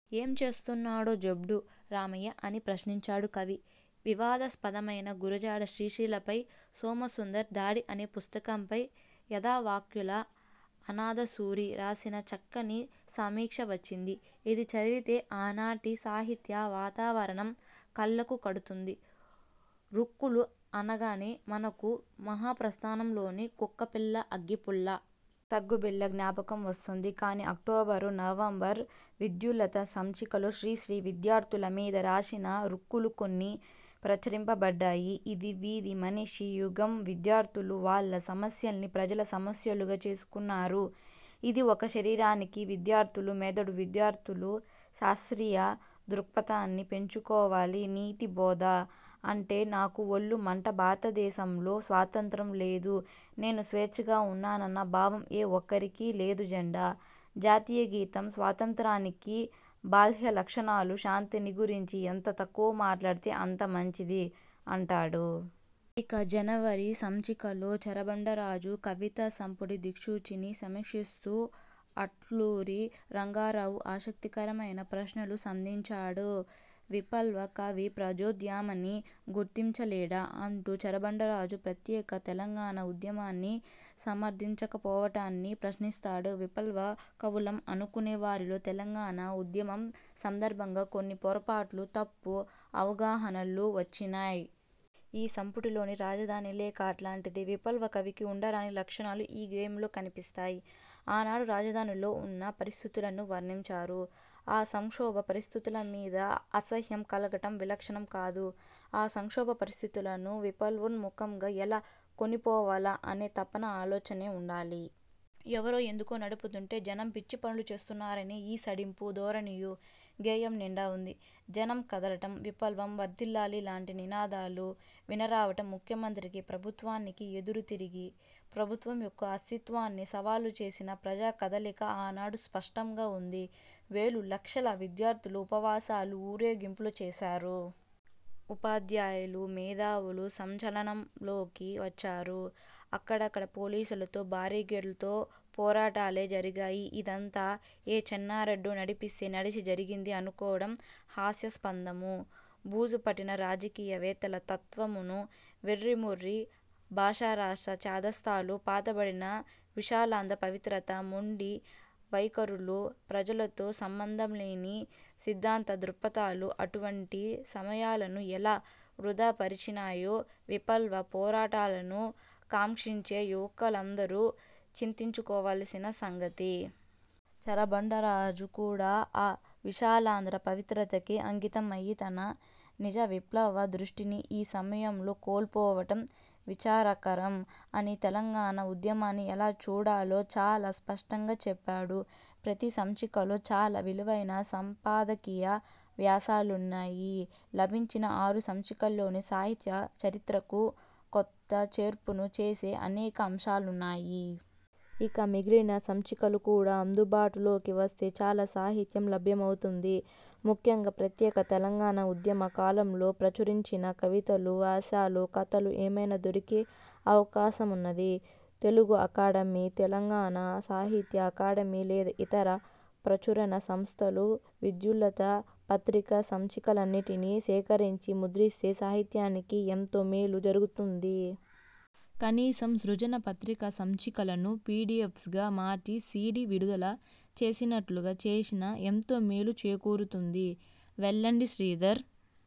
యేం చేస్తున్నాడో చెబ్దూ రావయ్యా'' అని ప్రశ్నించాడు కవి. వివాదాస్పదమైన 'గురజాడ శ్రీశ్రీలపై సోమసుందర్ దాడి' అనే పుస్తకంపై యధావాక్కుల అనాధసూరి రాసిన చక్కని సమీక్ష వచ్చింది. ఇది చదివితే ఆనాటి సాహిత్య వాతావరణం కళ్లకు కడుతుంది. ఋక్కులు అనగానే మనకు 'మహాప్రస్థానం'లోని ''కుక్కపిల్లా/ అగ్గిపుల్లా ్బుబిళ్లా'' జ్ఞాపకం వస్తుంది కాని అక్టోబరు నవంబర్ విద్యుల్లత సంచికలో శ్రీశ్రీ విద్యార్థుల మీద రాసిన ఋక్కులు కొన్ని ప్రచురింపబడ్డాయి: ''ఇది వీధి మనిషి యుగంవిద్యార్థులు వాళ్ల సమస్యల్ని ప్రజల సమస్యలుగా చేస్తున్నారు ఇది ఒక శరీరానికి విద్యార్థులు మెదడు విద్యార్థులు శాస్త్రీయ దృక్పథాన్ని పెంచుకోవాలినీతిబోధ అంటే నాకు ఒళ్లు మంటభారతదేశంలో స్వాతంత్య్రం లేదు నేను ేస్వచ్ఛగా ఉన్నానన్న భావం ఏ ఒక్కడికీ లేదుజెండా, జాతీయగీతం స్వాతంత్ర్యానికి బాహ్యలక్షణాలు శాంతిని గురించి ఎంత తక్కువ మాట్లాడితే అంత మంచిది'' అంటాడు. ఇక జనవరి సంచికలో చెరబండరాజు కవితా సంపుటి 'దిక్సూచి'ని సమీక్షిస్తూ అట్లూరి రంగారావు ఆసక్తికరమైన ప్రశ్నలు సంధించాడు. 'విప్లవ కవి ప్రజోద్యమాన్ని గుర్తించలేడా? ' అంటూ చెరబండరాజు ప్రత్యేక తెలంగాణ ఉద్యమాన్ని సమర్థించకపోవటాన్ని ప్రశ్నిస్తాడు. ''విప్లవ కవులం అనుకునే వారిలో తెలంగాణ ఉద్యమం సందర్భంగా కొన్ని పొరపాట్లు తప్పు అవగాహనలూ వచ్చినయ్. ఈ సంపుటిలోని 'రాజధాని లేఖ' అలాంటిదే. విప్లవ కవికి ఉండరాని లక్షణాలు ఈ గేయంలో కనిపిస్తయ్. ఆనాడు రాజధానిలో ఉన్న పరిస్థితులను వర్ణించారు. ఆ సంక్షోభ పరిస్థితుల మీద అసహ్యం కలగటం విలక్షణం కాదు. ఆ సంక్షోభ పరిస్థితులను విప్లవోన్ముఖంగా ఎలా కొనిపోవాలా అనే తపన, ఆలోచనే ఉండాలి. ఎవరో ఎందుకో నడుపుతుంటే జనం పిచ్చిపనులు చేస్తున్నారనే ఈసడింపు ధోరణియూ గేయం నిండా వుంది. జనం కదలటం, విప్లవం వర్థిల్లాలి లాంటి నినాదాలు వినరావటం ముఖ్యమంత్రికీ ప్రభుత్వానికీ ఎదురు తిరిగి ప్రభుత్వం యొక్క అస్తిత్వాన్నే సవాలు చేసిన ప్రజా కదలిక ఆనాడు స్పష్టంగా ఉంది. వేలు, లక్షల విద్యార్థులు ఉపవాసాలు, ఊరేగింపులు చేశారు. ఉపాధ్యాయులు, మేధావులు సంచలనంలోకి వచ్చారు. అక్కడక్కడ పోలీసులతో, బారికేడ్లతో పోరాటాలే జరిగాయిఇదంతా ఏ చెన్నారెడ్డో నడిపిస్తే నడిచి జరిగింది అనుకోవటం హాస్యాస్పదమూ, బూజు పట్టిన రాజకీయ వేత్తల తత్త్వ మున్నూ. వెర్రిమొర్రి భాషారాష్ట్ర ఛాదస్తాలూ, పాతబడిన విశాలాంధ్ర పవిత్రతా మొండి వైఖరులూ, ప్రజలతో సంబంధంలేని సిద్థాంత దృక్పథాలూ, అటువంటి సమయా లను ఎలా వృథాపరిచినయ్యో విప్లవ పోరాటాలను కాంక్షించే యువకులందరూ చింతించుకోవాల్సిన సంగతి. చెరబండరాజు కూడా ఆ విశాలాంధ్ర పవిత్రతకే అంకితం అయి తన నిజ విప్లవ దృష్టిని ఈ సమయంలో కోల్పోవటం విచారకరం'' అని తెలంగాణ ఉద్యమాన్ని ఎలా చూడాలో చాలా స్పష్టంగా చెప్పాడు. ప్రతి సంచికలో చాలా విలువైన సంపాదకీయ వ్యాసాలున్నాయి. లభించిన ఆరు సంచికల్లోనే సాహిత్య చరిత్రకు కొత్త చేర్పును చేసే అనేక అంశాలున్నాయి. ఇంకా మిగిలిన సంచికలు కూడా అందుబాటు లోకి వస్తే చాల సాహిత్యం లభ్యమవుతుంది. ముఖ్యంగా ప్రత్యేక తెలంగాణ ఉద్యమ కాలంలో ప్రచురించిన కవితలు, వ్యాసాలు, కథలు ఏమైనా దొరికే అవకాశమున్నది. తెలుగు అకాడమీ, తెలంగాణ సాహిత్య అకాడమీ లేదా ఇతర ప్రచురణ సంస్థలు విద్యుల్లత పత్రిక సంచికలన్నింటినీ సేకరించి ముద్రిస్తే సాహిత్యానికి ఎంతో మేలు జరుగుతుంది. కనీసం సృజన పత్రిక సంచికలను పిడిఎఫ్గా మార్చి సీడీ విడుదల చేసినట్లుగా చేసినా ఎంతో మేలు చేకూరుతుంది. వెల్దండి శ్రీధర్।